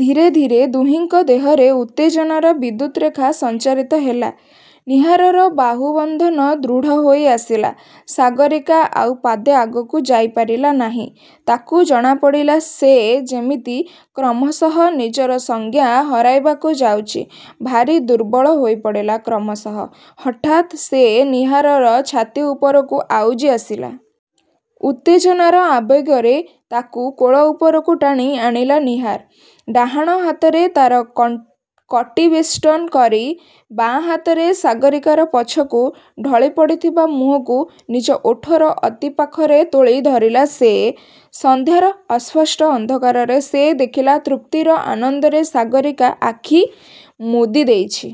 ଧୀରେ ଧୀରେ ଦୁହିଁଙ୍କ ଦେହରେ ଉତ୍ତେଜନାର ବିଦ୍ୟୁତରେଖା ସଞ୍ଚାରିତ ହେଲା। ନୀହାରର ବାହୁବନ୍ଧନ ଦୃଢ଼ ହୋଇଆସିଲା। ସାଗରୀକା ଆଉ ପାଦେ ଆଗକୁ ଯାଇପାରିଲା ନାହିଁ। ତାକୁ ଜଣାପଡ଼ିଲା ସେ ଯେମିତି କ୍ରମଶଃ ନିଜର ସଂଜ୍ଞା ହରାଇବାକୁ ଯାଉଛି। ଭାରୀ ଦୁର୍ବଳ ହୋଇପଡ଼ିଲା କ୍ରମଶଃ। ହଠାତ୍ ସେ ନୀହାରର ଛାତି ଉପରକୁ ଆଉଜି ଆସିଲା। ଉତ୍ତେଜନାର ଆବେଗରେ ତାକୁ କୋଳ ଉପରକୁ ଟାଣି ଆଣିଲା ନୀହାର। ଡାହାଣ ହାତରେ ତା'ର କଟିବେଷ୍ଟନ କରି; ବାଁ ହାତରେ ସାଗରୀକାର ପଛକୁ ଢଳି ପଡ଼ିଥିବା ମୁହଁକୁ ନିଜ ଓଠର ଅତି ପାଖରେ ତୋଳି ଧରିଲା ସେ। ସନ୍ଧ୍ୟାର ଅସ୍ପଷ୍ଟ ଅନ୍ଧକାରରେ ସେ ଦେଖିଲା ତୃପ୍ତିର ଆନନ୍ଦରେ ସାଗରୀକା ଆଖି ମୁଦିଦେଇଛି।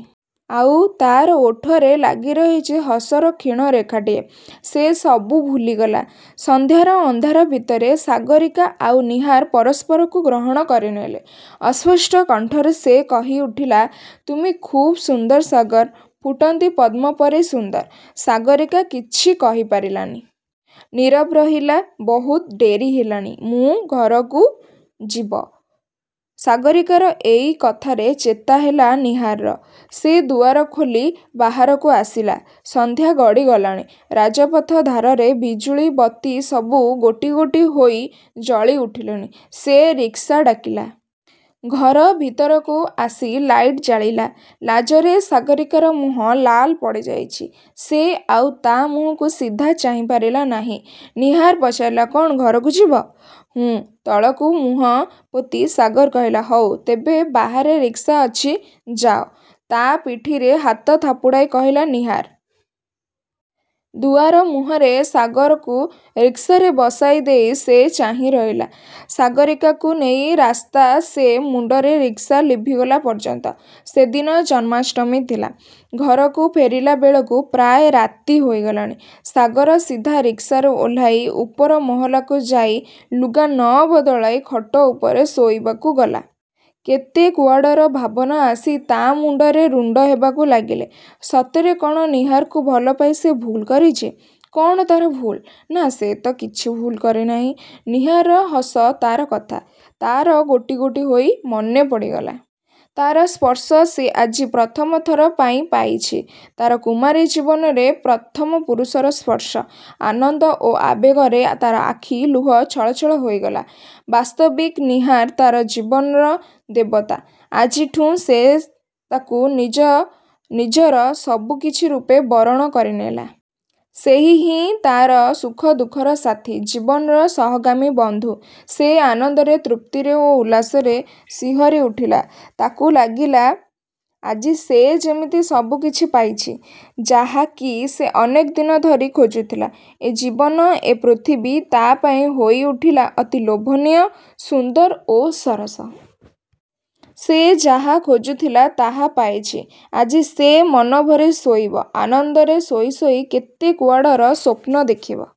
ଆଉ ତା'ର ଓଠରେ ଲାଗି ରହିଛି ହସର କ୍ଷୀଣ ରେଖାଟିଏ। ସେ ସବୁ ଭୁଲିଗଲା। ସନ୍ଧ୍ୟାର ଅନ୍ଧାର ଭିତରେ ସାଗରୀକା ଆଉ ନୀହାର ପରସ୍ପରକୁ ଗ୍ରହଣ କରିନେଲେ। ଅସ୍ପଷ୍ଟ କଣ୍ଠରେ ସେ କହି ଉଠିଲା-''ତୁମେ ଖୁବ୍ ସୁନ୍ଦର ସାଗର-ଫୁଟନ୍ତି ପଦ୍ମ ପରି ସୁନ୍ଦର। '' ସାଗରୀକା କିଛି କହିପାରିଲାନି। ନୀରବ ରହିଲା। ''ବହୁତ ଡେରି ହେଲାଣି; ମୁଁ ଘରକୁ ଯିବ''-ସାଗରୀକାର ଏଇ କଥାରେ ଚେତା ହେଲା ନୀହାରର। ସେ ଦୁଆର ଖୋଲି ବାହାରକୁ ଆସିଲା। ସନ୍ଧ୍ୟା ଗଡ଼ି ଗଲାଣି। ରାଜପଥ ଧାରରେ ବିଜୁଳି-ବତୀ ସବୁ ଗୋଟି ଗୋଟି ହୋଇ ଜଳି ଉଠିଲେଣି। ସେ ରିକ୍ସା ଡାକିଲା। ଘର ଭିତରକୁ ଆସି ଲାଇଟ୍ ଜାଳିଲା। ଲାଜରେ ସାଗରୀକାର ମୁହଁ ନାଲ ପଡ଼ିଯାଇଛି। ସେ ଆଉ ତା' ମୁହଁକୁ ସିଧା ଚାହିଁପାରିଲା ନାହିଁ। ନୀହାର ପଚାରିଲା-''କ'ଣ ଘରକୁ ଯିବ। '' ''ହୁଁ''-ତଳକୁ ମୁହଁ ପୋତି ସାଗର କହିଲା। ''ହଉ ତେବେ-ବାହାରେ ରିକ୍ସା ଅଛି-ଯାଅ। '' ତା' ପିଠିରେ ହାତ ଥାପୁଡ଼ାଇ କହିଲା ନୀହାର। ଦୁଆର ମୁହଁରେ ସାଗରକୁ ରିକ୍ସାରେ ବସାଇ ଦେଇ ସେ ଚାହିଁ ରହିଲା। ସାଗରୀକାକୁ ନେଇ ରାସ୍ତା ସେ ମୁଣ୍ଡରେ ରିକ୍ସା ଲିଭିଗଲା ପର୍ଯ୍ୟନ୍ତ। ସେଦିନ ଜନ୍ମାଷ୍ଟମୀ ଥିଲା। ଘରକୁ ଫେରିଲା ବେଳକୁ ପ୍ରାୟ ରାତି ହୋଇଗଲାଣି। ସାଗର ସିଧା ରିକ୍ସାରୁ ଓହ୍ଳାଇ ଉପର ମହଲାକୁ ଯାଇ, ଲୁଗା ନ ବଦଳାଇ ଖଟ ଉପରେ ଶୋଇବାକୁ ଗଲା। କେତେ କୁଆଡ଼ର ଭାବନା ଆସି ତା' ମୁଣ୍ଡରେ ରୁଣ୍ଡ ହେବାକୁ ଲାଗିଲେ। ସତରେ କ'ଣ ନୀହାରକୁ ଭଲପାଇ ସେ ଭୁଲ୍ କରିଛି। କ'ଣ ତା'ର ଭୁଲ୍? ନା ସେ ତ କିଛି ଭୁଲ୍ କରିନାହିଁ। ନୀହାରର ହସ ତା'ର କଥା; ତା'ର ଗୋଟି ଗୋଟି ହୋଇ ମନେପଡ଼ିଲା। ତା'ର ସ୍ପର୍ଶ ସେ ଆଜି ପ୍ରଥମ ଥର ପାଇଁ ପାଇଛି। ତା'ର କୁମାରୀ ଜୀବନରେ ପ୍ରଥମ ପୁରୁଷର ସ୍ପର୍ଶ। ଆନନ୍ଦ ଓ ଆବେଗରେ ତା'ର ଆଖି ଲୁହ ଛଳ ଛଳ ହୋଇଗଲା। ବାସ୍ତବିକ୍ ନୀହାର ତା'ର ଜୀବନର ଦେବତା। ଆଜିଠୁଁ ସେ ତାକୁ ନିଜର ସବୁ କିଛି ରୂପେ ବରଣ କରିନେଲା। ସେଇ ହିଁ ତା'ର ସୁଖ ଦୁଃଖର ସାଥୀ। ଜୀବନର ସହଗାମୀ-ବନ୍ଧୁ। ସେ ଆନନ୍ଦରେ, ତୃପ୍ତିରେ ଓ ଉଲ୍ଲାସରେ ଶିହରି ଉଠିଲା। ତାକୁ ଲାଗିଲା ଆଜି ସେ ଯେମିତି ସବୁ କିଛି ପାଇଛି। ଯାହା କି ସେ ଅନେକ ଦିନ ଧରି ଖୋଜୁଥିଲା। ଏ ଜୀବନ, ଏ ପୃଥିବୀ ତା'ପାଇଁ ହୋଇ ଉଠିଲା ଅତି ଲୋଭନୀୟ, ସୁନ୍ଦର ଓ ସରସ-। ସେ ଯାହା ଖୋଜୁଥିଲା ତାହା ପାଇଛି। ଆଜି ସେ ମନଭରି ଶୋଇବ। ଆନନ୍ଦରେ ଶୋଇ ଶୋଇ କେତେ କୁଆଡ଼ର ସ୍ୱପ୍ନ ଦେଖିବ।